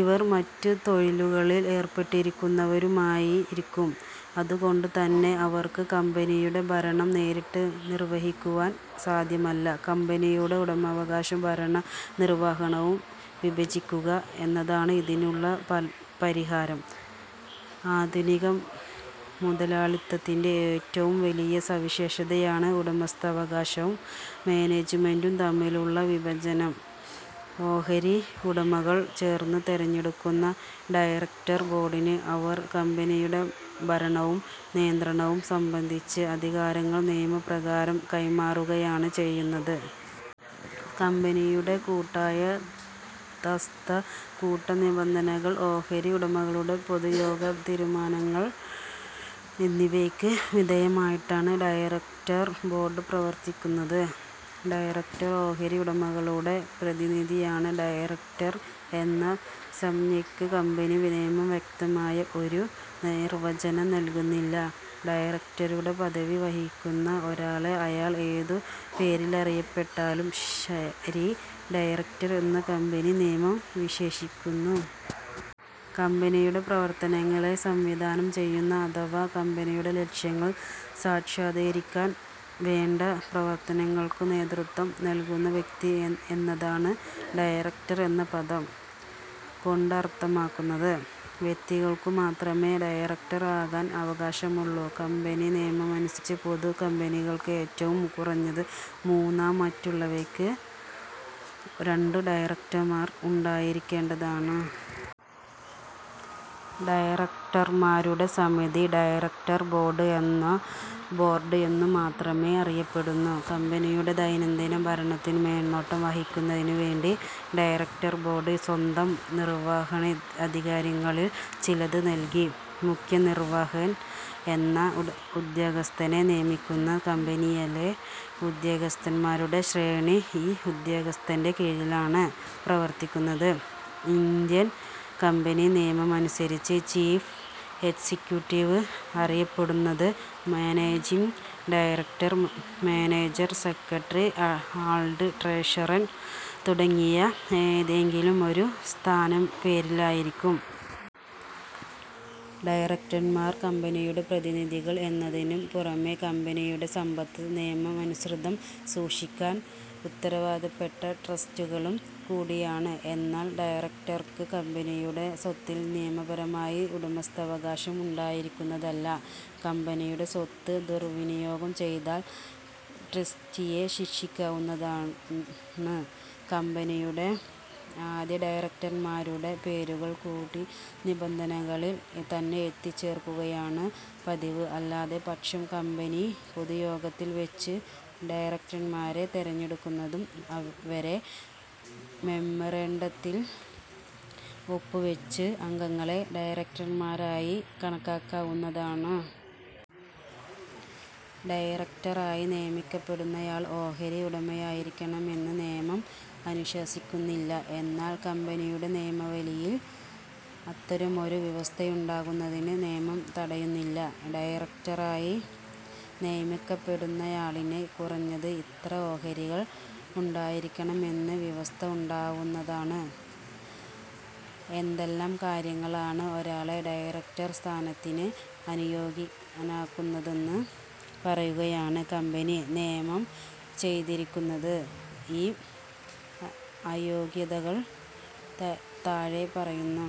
ഇവർ മറ്റു തൊഴിലുകളിൽ ഏർപ്പെട്ടിരിക്കുന്നവരുമായിരിക്കും. അതുകൊണ്ടുതന്നെ അവർക്ക് കമ്പനിയുടെ ഭരണം നേരിട്ട് വിർവഹിക്കുവാൻ സാധ്യമല്ല. കമ്പനിയുടെ ഉടമാവകാശവും ഭരണ നിർവഹണവും വിഭജിക്കുക എന്നതാണ് ഇതിനുള്ള പരിഹാരം. ആധുനിക മുതലാളിത്തത്തിന്റെ ഏറ്റവും വലിയ സവിശേഷതയാണ് ഉടമസ്ഥാവകാശവും മാനേജ്മെന്റും തമ്മിലുള്ള വിഭജനം. ഓഹരി ഉടമകൾ ചേർന്ന് തെരഞ്ഞെടുക്കുന്ന ഡയറക്ടർ ബോർഡിന് അവർ കമ്പനിയുടെ ഭരണവും നിയന്ത്രണവും സംബന്ധിച്ച അധികാരങ്ങൾ നിയമപ്രകാരം കൈമാറുകയാണ് ചെയ്യുന്നത്. കമ്പനിയുടെ കൂട്ടുയാദാസ്ത്, കൂട്ടു നിബന്ധനങ്ങൾ, ഓഹരി ഉടമകളുടെ പൊതുയോഗ തീരുമാനങ്ങൾ എന്നിവയ്ക്ക് വിധേയമായിട്ടാണ് ഡയറക്ടർ ബോർഡ് പ്രവർത്തിക്കുന്നത്. ഡയറക്ടർ, ഓഹരി ഉടമകളുടെ പ്രതിനിധിയാണ്. ഡയറക്ടർ എന്ന സംജ്ഞയ്ക്ക് കമ്പനി നിയമം വ്യക്തമായ ഒരു നിർവചനം നൽകുന്നില്ല. ഡയറക്ടരുടെ പദവി വഹിക്കുന്ന ഒരാളെ, അയാൾ ഏതു പേരിലറിയപ്പെട്ടാലും ശരി ഡയറക്ടർ എന്നു കമ്പനി നിയമം വിശേഷിപ്പിക്കുന്നു. കമ്പനിയുടെ പ്രവർത്തനങ്ങളെ സംവിധാനം ചെയ്യുന്ന അഥവാ കമ്പനിയുടെ ലക്ഷ്യങ്ങൾ സാക്ഷാത്കരിക്കാൻ വേണ്ട പ്രവർത്തനങ്ങൾക്കു നേതൃത്വം നൽകുന്ന വ്യക്തി എന്നതാണ് ഡയറക്ടർ എന്ന പദം കൊണ്ടർഥമാക്കുന്നത്. വ്യക്തികൾക്കു മാത്രമേ ഡയറക്ടർ ആകാൻ അവകാശമുള്ളൂ. കമ്പനി നിയമമനുസരിച്ച് പൊതു കമ്പനികൾക്ക് ഏറ്റവും കുറഞ്ഞത് മൂന്നും മറ്റുള്ളവയ്ക്ക് രണ്ടും ഡയറക്ടറന്മാർ ഉണ്ടായിരിക്കേണ്ടതാണ്. ഡയറക്ടർമാരുടെ സമിതി ഡയറക്ടർ ബോർഡ് എന്നോ ബോർഡ് എന്നു മാത്രമോ അറിയപ്പെടുന്നു. കമ്പനിയുടെ ദൈനംദിന ഭരണത്തിനു മേൽനോട്ടം വഹിക്കുന്നതിനുവേണ്ടി ഡയറക്ടർബോർഡ് സ്വന്തം നിർവഹണാധികാരങ്ങളിൽ ചിലത് നൽകി മുഖ്യനിർവാഹകൻ എന്ന ഉദ്യോഗസ്ഥനെ നിയമിക്കുന്നു. കമ്പനിയിലെ ഉദ്യോഗസ്ഥൻമാരുടെ ശ്രേണി, ഈ ഉദ്യോഗസ്ഥന്റെ കീഴിലാണ് പ്രവർത്തിക്കുന്നത്. ഇന്ത്യൻ കമ്പനി നിയമമനുസരിച്ച്, ചീഫ് എക്സിക്യൂട്ടീവ് അറിയപ്പെടുന്നത് managing director, manager, secretary and treasurer തുടങ്ങിയ ഏതെങ്കിലുമൊരു സ്ഥാനപ്പേരിലായിരിക്കും. ഡയറക്ടർമാർ കമ്പനിയുടെ പ്രതിനിധികൾ എന്നതിനു പുറമേ, കമ്പനിയുടെ സമ്പത്ത് നിയമാനുസൃതം സൂക്ഷിക്കാൻ ഉത്തരവാദപ്പെട്ട ട്രസ്റ്റികളും കൂടിയാണ്. എന്നാൽ ഡയറക്ടർക്ക് കമ്പനിയുടെ സ്വത്തിൽ നിയമപരമായ ഉടമവസ്ഥാവകാശം ഉണ്ടായിരിക്കുന്നതല്ല. കമ്പനിയുടെ സ്വത്ത് ദുർവിനിയോഗം ചെയ്താൽ ട്രസ്റ്റിയെ ശിക്ഷിക്കാവുന്നതാണ്. കമ്പനിയുടെ ആദ്യഡയറക്ടർമാരുടെ പേരുകൾ കൂട്ടുനിബന്ധനകളിൽ തന്നെ എഴുതിച്ചേർക്കുകയാണ് പതിവ്. അല്ലാത്ത പക്ഷം കമ്പനി പൊതുയോഗത്തിൽ വച്ച് ഡയറക്ടർമാരെ തെരഞ്ഞെടുക്കുന്നതു വരെ മെമ്മോറാണ്ടത്തിൽ ഒപ്പുവച്ച അംഗങ്ങളെ ഡയറക്ടർമാരായി കണക്കാക്കാവുന്നതാണ്. ഡയറക്ടറായി നിയമിക്കപ്പെടുന്നയാൾ ഓഹരി ഉടമയായിരിക്കണമെന്ന് നിയമം അനുശാസിക്കുന്നില്ല. എന്നാൽ കമ്പനിയുടെ നിയമാവലിയിൽ അത്തരമൊരു വ്യവസ്ഥയുണ്ടാകുന്നതിനെ നിയമം തടയുന്നില്ല. ഡയറക്ടറായി നിയമിക്കപ്പെടുന്നയാളിന് കുറഞ്ഞത് ഇത്ര ഓഹരികൾ ഉണ്ടായിരിക്കണമെന്ന് വ്യവസ്ഥ ഉണ്ടാക്കാവുന്നതാണ്. എന്തെല്ലാം കാര്യങ്ങളാണ്, ഒരാളെ ഡയറക്ടർ സ്ഥാനത്തിന് അയോഗ്യനാക്കുന്നതെന്ന് പറയുകയാണ് കമ്പനി നിയമം ചെയ്തിരിക്കുന്നത്. ഈ അയോഗ്യതകൾ താഴെപ്പറയുന്നു.